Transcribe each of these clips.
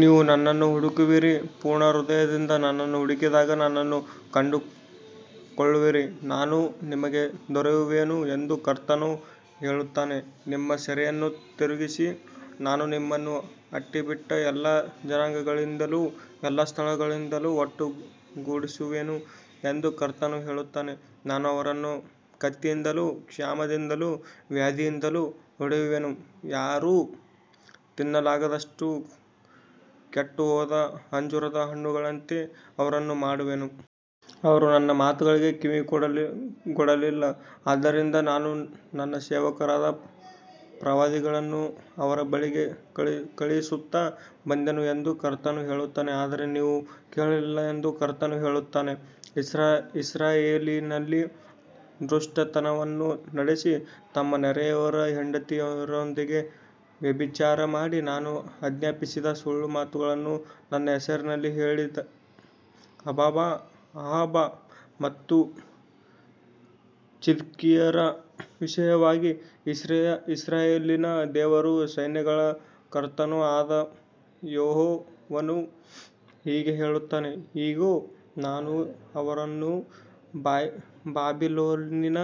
ನೀವು ನನ್ನನ್ನು ಹುಡುಕುವಿರಿ, ಪೂರ್ಣ ಹೃದಯದಿಂದ ನನ್ನನ್ನು ಹುಡುಕಿದಾಗ ನನ್ನನ್ನು ಕಂಡುಕೊಳ್ಳುವಿರಿ. ನಾನು ನಿಮಗೆ ದೊರೆಯುವೆನು ಎಂದು ಕರ್ತನು ಹೇಳುತ್ತಾನೆ, ನಿಮ್ಮ ಸೆರೆಯನ್ನು ತಿರುಗಿಸಿ, ನಾನು ನಿಮ್ಮನ್ನು ಅಟ್ಟಿಬಿಟ್ಟ ಎಲ್ಲಾ ಜನಾಂಗಗಳಿಂದಲೂ ಎಲ್ಲಾ ಸ್ಥಳಗಳಿಂದಲೂ ಒಟ್ಟುಗೂಡಿಸುವೆನು ಎಂದು ಕರ್ತನು ಹೇಳುತ್ತಾನೆ. ನಾನು ಅವರನ್ನು ಕತ್ತಿಯಿಂದಲೂ ಕ್ಷಾಮದಿಂದಲೂ ವ್ಯಾಧಿಯಿಂದಲೂ ಹೊಡೆಯುವೆನು, ಯಾರೂ ತಿನ್ನಲಾಗದಷ್ಟು ಕೆಟ್ಟುಹೋದ ಅಂಜೂರದ ಹಣ್ಣುಗಳಂತೆ ಅವರನ್ನು ಮಾಡುವೆನು. ಅವರು ನನ್ನ ಮಾತುಗಳಿಗೆ ಕಿವಿಗೊಡಲಿಲ್ಲ, ಆದ್ದರಿಂದ ನಾನು ನನ್ನ ಸೇವಕರಾದ ಪ್ರವಾದಿಗಳನ್ನು ಅವರ ಬಳಿಗೆ ಕಳುಹಿಸುತ್ತಾ ಬಂದೆನು ಎಂದು ಕರ್ತನು ಹೇಳುತ್ತಾನೆ, ಆದರೆ ನೀವು ಕೇಳಲಿಲ್ಲ ಎಂದು ಕರ್ತನು ಹೇಳುತ್ತಾನೆ. ಇಸ್ರಾಯೇಲಿನಲ್ಲಿ ದುಷ್ಟತನವನ್ನು ನಡೆಸಿ, ತಮ್ಮ ನೆರೆಯವರ ಹೆಂಡತಿಯರೊಂದಿಗೆ ವ್ಯಭಿಚಾರ ಮಾಡಿ, ನಾನು ಆಜ್ಞಾಪಿಸದ ಸುಳ್ಳು ಮಾತುಗಳನ್ನು ನನ್ನ ಹೆಸರಿನಲ್ಲಿ ಹೇಳಿದ ಅಹಾಬ ಮತ್ತು ಚಿದ್ಕೀಯರ ವಿಷಯವಾಗಿ ಇಸ್ರಾಯೇಲಿನ ದೇವರೂ ಸೈನ್ಯಗಳ ಕರ್ತನೂ ಆದ ಯೆಹೋವನು ಹೀಗೆ ಹೇಳುತ್ತಾನೆ, ಇಗೋ, ನಾನು ಅವರನ್ನು ಬಾಬಿಲೋನಿನ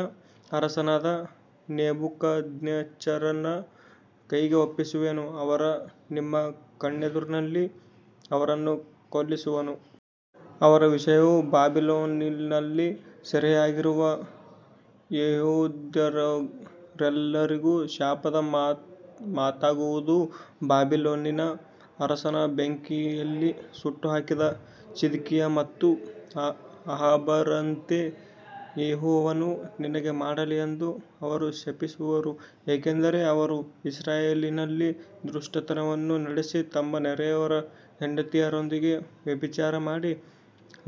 ಅರಸನಾದ ನೆಬೂಕದ್ನೆಚ್ಚರನ ಕೈಗೆ ಒಪ್ಪಿಸುವೆನು, ಅವನು ನಿಮ್ಮ ಕಣ್ಣೆದುರಿನಲ್ಲಿ ಅವರನ್ನು ಕೊಲ್ಲಿಸುವನು. ಅವರ ವಿಷಯವು ಬಾಬಿಲೋನಿನಲ್ಲಿ ಸೆರೆಯಾಗಿರುವ ಯೆಹೂದ್ಯರೆಲ್ಲರಿಗೂ ಶಾಪದ ಮಾತಾಗುವುದು, ಬಾಬಿಲೋನಿನ ಅರಸನು ಬೆಂಕಿಯಲ್ಲಿ ಸುಟ್ಟುಹಾಕಿದ ಚಿದ್ಕೀಯ ಮತ್ತು ಅಹಾಬರಂತೆ ಯೆಹೋವನು ನಿನಗೆ ಮಾಡಲಿ ಎಂದು ಅವರು ಶಪಿಸುವರು. ಏಕೆಂದರೆ ಅವರು ಇಸ್ರಾಯೇಲಿನಲ್ಲಿ ದುಷ್ಟತನವನ್ನು ನಡೆಸಿ, ತಮ್ಮ ನೆರೆಯವರ ಹೆಂಡತಿಯರೊಂದಿಗೆ ವ್ಯಭಿಚಾರ ಮಾಡಿ,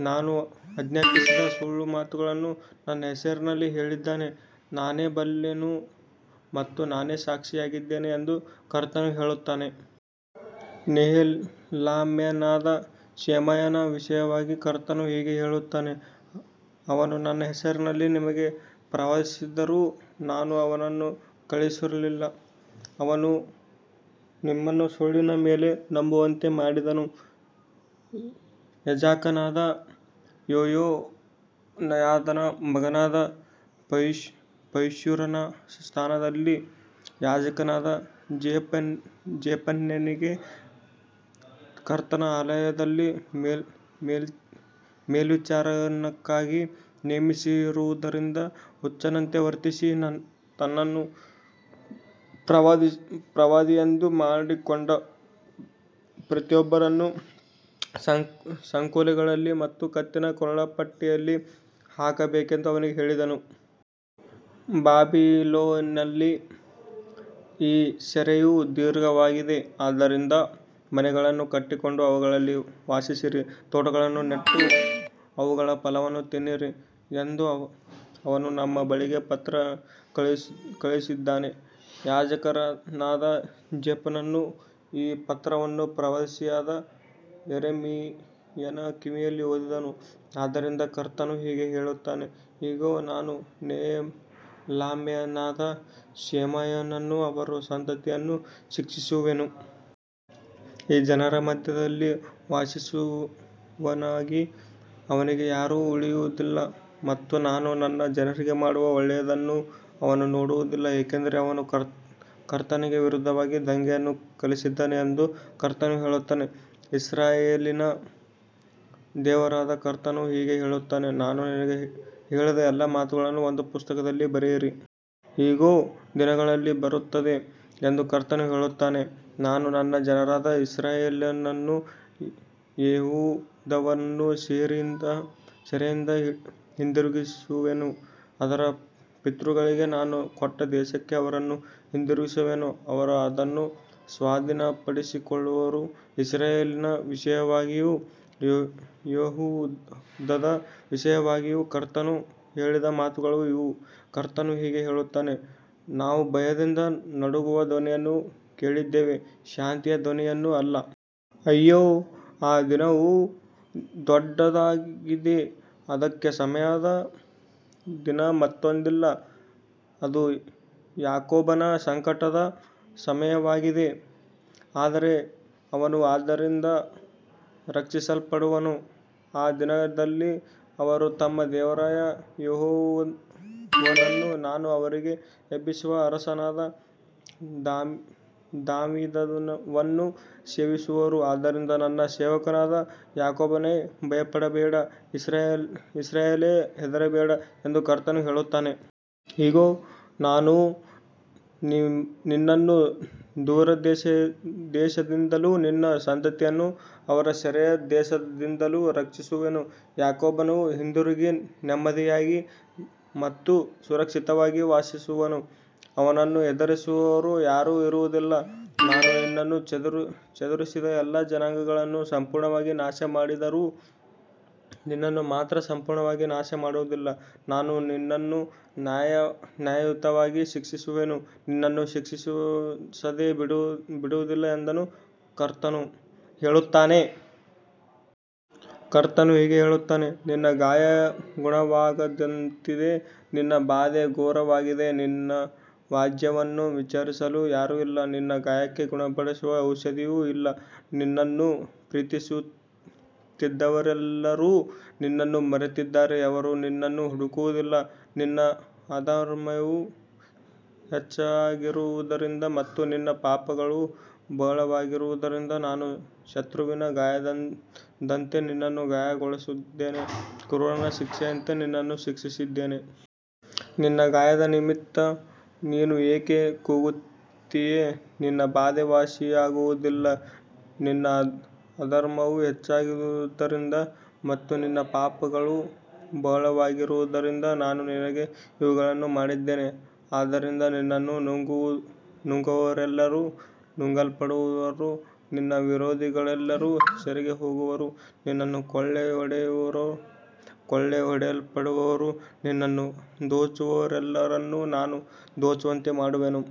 ನಾನು ಆಜ್ಞಾಪಿಸದ ಸುಳ್ಳು ಮಾತುಗಳನ್ನು ನನ್ನ ಹೆಸರಿನಲ್ಲಿ ಹೇಳಿದ್ದಾರೆ, ನಾನೇ ಬಲ್ಲೆನು ಮತ್ತು ನಾನೇ ಸಾಕ್ಷಿಯಾಗಿದ್ದೇನೆ ಎಂದು ಕರ್ತನು ಹೇಳುತ್ತಾನೆ. ನೆಹೆಲಾಮ್ಯನಾದ ಶೆಮಾಯನ ವಿಷಯವಾಗಿ ಕರ್ತನು ಹೀಗೆ ಹೇಳುತ್ತಾನೆ, ಅವನು ನನ್ನ ಹೆಸರಿನಲ್ಲಿ ನಿಮಗೆ ಪ್ರವಾದಿಸಿದರೂ ನಾನು ಅವನನ್ನು ಕಳುಹಿಸಿರಲಿಲ್ಲ. ಅವನು ನಿಮ್ಮನ್ನು ಸುಳ್ಳಿನ ಮೇಲೆ ನಂಬುವಂತೆ ಮಾಡಿದನು. ಯಾಜಕನಾದ ಯೆಹೋಯಾದನ ಮಗನಾದ ಪಶ್ಹೂರನ ಸ್ಥಾನದಲ್ಲಿ ಯಾಜಕನಾದ ಜೆಫನ್ಯನಿಗೆ ಕರ್ತನ ಆಲಯದಲ್ಲಿ ಮೇಲ್ವಿಚಾರಕನನ್ನಾಗಿ ನೇಮಿಸಿರುವುದರಿಂದ, ಹುಚ್ಚನಂತೆ ವರ್ತಿಸಿ ತನ್ನನ್ನು ಪ್ರವಾದಿಯೆಂದು ಮಾಡಿಕೊಂಡ ಪ್ರತಿಯೊಬ್ಬನನ್ನು ಸಂಕೋಲೆಗಳಲ್ಲಿ ಮತ್ತು ಕತ್ತಿನ ಕೊರಳಪಟ್ಟಿಯಲ್ಲಿ ಹಾಕಬೇಕೆಂದು ಅವನಿಗೆ ಹೇಳಿದನು. ಬಾಬಿಲೋನಿನಲ್ಲಿ ಈ ಸೆರೆಯು ದೀರ್ಘವಾಗಿದೆ, ಆದ್ದರಿಂದ ಮನೆಗಳನ್ನು ಕಟ್ಟಿಕೊಂಡು ಅವುಗಳಲ್ಲಿ ವಾಸಿಸಿರಿ, ತೋಟಗಳನ್ನು ನೆಟ್ಟು ಅವುಗಳ ಫಲವನ್ನು ತಿನ್ನಿರಿ ಎಂದು ಅವನು ನಮ್ಮ ಬಳಿಗೆ ಪತ್ರ ಕಳುಹಿಸಿದ್ದಾನೆ. ಯಾಜಕನಾದ ಜೆಫನ್ಯನು ಈ ಪತ್ರವನ್ನು ಪ್ರವಾದಿಯಾದ ಯೆರೆಮೀಯನ ಕಿವಿಯಲ್ಲಿ ಓದಿದನು. ಆದ್ದರಿಂದ ಕರ್ತನು ಹೀಗೆ ಹೇಳುತ್ತಾನೆ, ಇಗೋ, ನಾನು ನೆಹೆಲಾಮ್ಯನಾದ ಶೆಮಾಯನನ್ನೂ ಅವನ ಸಂತತಿಯನ್ನೂ ಶಿಕ್ಷಿಸುವೆನು. ಈ ಜನರ ಮಧ್ಯದಲ್ಲಿ ವಾಸಿಸುವವನಾಗಿ ಅವನಿಗೆ ಯಾರೂ ಉಳಿಯುವುದಿಲ್ಲ, ಮತ್ತು ನಾನು ನನ್ನ ಜನರಿಗೆ ಮಾಡುವ ಒಳ್ಳೆಯದನ್ನು ಅವನು ನೋಡುವುದಿಲ್ಲ, ಏಕೆಂದರೆ ಅವನು ಕರ್ತನಿಗೆ ವಿರುದ್ಧವಾಗಿ ದಂಗೆಯನ್ನು ಕಲಿಸಿದ್ದಾನೆ ಎಂದು ಕರ್ತನು ಹೇಳುತ್ತಾನೆ. ಇಸ್ರಾಯೇಲಿನ ದೇವರಾದ ಕರ್ತನು ಹೀಗೆ ಹೇಳುತ್ತಾನೆ, ನಾನು ನಿನಗೆ ಹೇಳಿದ ಎಲ್ಲಾ ಮಾತುಗಳನ್ನು ಒಂದು ಪುಸ್ತಕದಲ್ಲಿ ಬರೆಯಿರಿ. ಇಗೋ, ದಿನಗಳು ಬರುತ್ತವೆ ಎಂದು ಕರ್ತನು ಹೇಳುತ್ತಾನೆ, ನಾನು ನನ್ನ ಜನರಾದ ಇಸ್ರಾಯೇಲನ್ನೂ ಯೆಹೂದವನ್ನೂ ಸೆರೆಯಿಂದ ಹಿಂದಿರುಗಿಸುವೆನು, ಅವರ ಪಿತೃಗಳಿಗೆ ನಾನು ಕೊಟ್ಟ ದೇಶಕ್ಕೆ ಅವರನ್ನು ಹಿಂದಿರುಗಿಸುವೆನು, ಅವರು ಅದನ್ನು ಸ್ವಾಧೀನಪಡಿಸಿಕೊಳ್ಳುವರು. ಇಸ್ರಾಯೇಲಿನ ವಿಷಯವಾಗಿಯೂ ಯೆಹೂದದ ವಿಷಯವಾಗಿಯೂ ಕರ್ತನು ಹೇಳಿದ ಮಾತುಗಳು ಇವು. ಕರ್ತನು ಹೀಗೆ ಹೇಳುತ್ತಾನೆ, ನಾವು ಭಯದಿಂದ ನಡುಗುವ ಧ್ವನಿಯನ್ನು ಕೇಳಿದ್ದೇವೆ, ಶಾಂತಿಯ ಧ್ವನಿಯನ್ನು ಅಲ್ಲ. ಅಯ್ಯೋ, ಆ ದಿನವು ದೊಡ್ಡದಾಗಿದೆ, ಅದಕ್ಕೆ ಸಮವಾದ ದಿನ ಮತ್ತೊಂದಿಲ್ಲ. ಅದು ಯಾಕೋಬನ ಸಂಕಟದ ಸಮಯವಾಗಿದೆ, ಆದರೆ ಅವನು ಅದರಿಂದ ರಕ್ಷಿಸಲ್ಪಡುವನು. ಆ ದಿನದಲ್ಲಿ ಅವರು ತಮ್ಮ ದೇವರಾದ ಯೆಹೋವನನ್ನೂ ನಾನು ಅವರಿಗಾಗಿ ಎಬ್ಬಿಸುವ ಅರಸನಾದ ದಾವೀದನನ್ನೂ ಸೇವಿಸುವರು. ಆದ್ದರಿಂದ ನನ್ನ ಸೇವಕನಾದ ಯಾಕೋಬನೇ, ಭಯಪಡಬೇಡ, ಇಸ್ರಾಯೇಲೇ, ಹೆದರಬೇಡ ಎಂದು ಕರ್ತನು ಹೇಳುತ್ತಾನೆ. ಇಗೋ, ನಾನು ನಿನ್ನನ್ನು ದೂರದೇಶದಿಂದಲೂ ನಿನ್ನ ಸಂತತಿಯನ್ನು ಅವರ ಸೆರೆಯ ದೇಶದಿಂದಲೂ ರಕ್ಷಿಸುವೆನು. ಯಾಕೋಬನು ಹಿಂದಿರುಗಿ, ನೆಮ್ಮದಿಯಾಗಿ ಮತ್ತು ಸುರಕ್ಷಿತವಾಗಿ ವಾಸಿಸುವನು, ಅವನನ್ನು ಹೆದರಿಸುವವರು ಯಾರೂ ಇರುವುದಿಲ್ಲ. ನಾನು ನಿನ್ನನ್ನು ಚದುರಿಸಿದ ಎಲ್ಲಾ ಜನಾಂಗಗಳನ್ನು ಸಂಪೂರ್ಣವಾಗಿ ನಾಶಮಾಡಿದರೂ, ನಿನ್ನನ್ನು ಮಾತ್ರ ಸಂಪೂರ್ಣವಾಗಿ ನಾಶಮಾಡುವುದಿಲ್ಲ. ನಾನು ನಿನ್ನನ್ನು ನ್ಯಾಯಯುತವಾಗಿ ಶಿಕ್ಷಿಸುವೆನು, ನಿನ್ನನ್ನು ಶಿಕ್ಷಿಸದೆ ಬಿಡುವುದಿಲ್ಲ ಎಂದು ಕರ್ತನು ಹೇಳುತ್ತಾನೆ. ಕರ್ತನು ಹೀಗೆ ಹೇಳುತ್ತಾನೆ, ನಿನ್ನ ಗಾಯ ಗುಣವಾಗದಂತಿದೆ, ನಿನ್ನ ಬಾಧೆ ಘೋರವಾಗಿದೆ. ನಿನ್ನ ವ್ಯಾಜ್ಯವನ್ನು ವಿಚಾರಿಸಲು ಯಾರೂ ಇಲ್ಲ, ನಿನ್ನ ಗಾಯಕ್ಕೆ ಗುಣಪಡಿಸುವ ಔಷಧಿಯೂ ಇಲ್ಲ. ನಿನ್ನನ್ನು ಪ್ರೀತಿಸುತ್ತಿದ್ದವರೆಲ್ಲರೂ ನಿನ್ನನ್ನು ಮರೆತಿದ್ದಾರೆ, ಅವರು ನಿನ್ನನ್ನು ಹುಡುಕುವುದಿಲ್ಲ. ನಿನ್ನ ಅಧರ್ಮವು ಹೆಚ್ಚಾಗಿರುವುದರಿಂದ ಮತ್ತು ನಿನ್ನ ಪಾಪಗಳು ಬಹಳವಾಗಿರುವುದರಿಂದ ನಾನು ಶತ್ರುವಿನ ಗಾಯದಂತೆ ನಿನ್ನನ್ನು ಗಾಯಗೊಳಿಸಿದ್ದೇನೆ, ಕ್ರೂರನ ಶಿಕ್ಷೆಯಂತೆ ನಿನ್ನನ್ನು ಶಿಕ್ಷಿಸಿದ್ದೇನೆ. ನಿನ್ನ ಗಾಯದ ನಿಮಿತ್ತ ನೀನು ಏಕೆ ಕೂಗುತ್ತೀಯೆ, ನಿನ್ನ ಬಾಧೆ ವಾಸಿಯಾಗುವುದಿಲ್ಲ. ನಿನ್ನ ಅಧರ್ಮವು ಹೆಚ್ಚಾಗಿರುವುದರಿಂದ ಮತ್ತು ನಿನ್ನ ಪಾಪಗಳು ಬಹಳವಾಗಿರುವುದರಿಂದ ನಾನು ನಿನಗೆ ಇವುಗಳನ್ನು ಮಾಡಿದ್ದೇನೆ. ಆದ್ದರಿಂದ ನಿನ್ನನ್ನು ನುಂಗುವವರೆಲ್ಲರೂ ನುಂಗಲ್ಪಡುವರು, ನಿನ್ನ ವಿರೋಧಿಗಳೆಲ್ಲರೂ ಸೆರೆಗೆ ಹೋಗುವರು, ನಿನ್ನನ್ನು ಕೊಳ್ಳೆಹೊಡೆಯುವವರು ಕೊಳ್ಳೆಹೊಡೆಯಲ್ಪಡುವರು, ನಿನ್ನನ್ನು ದೋಚುವವರೆಲ್ಲರನ್ನೂ ನಾನು ದೋಚುವಂತೆ ಮಾಡುವೆನು.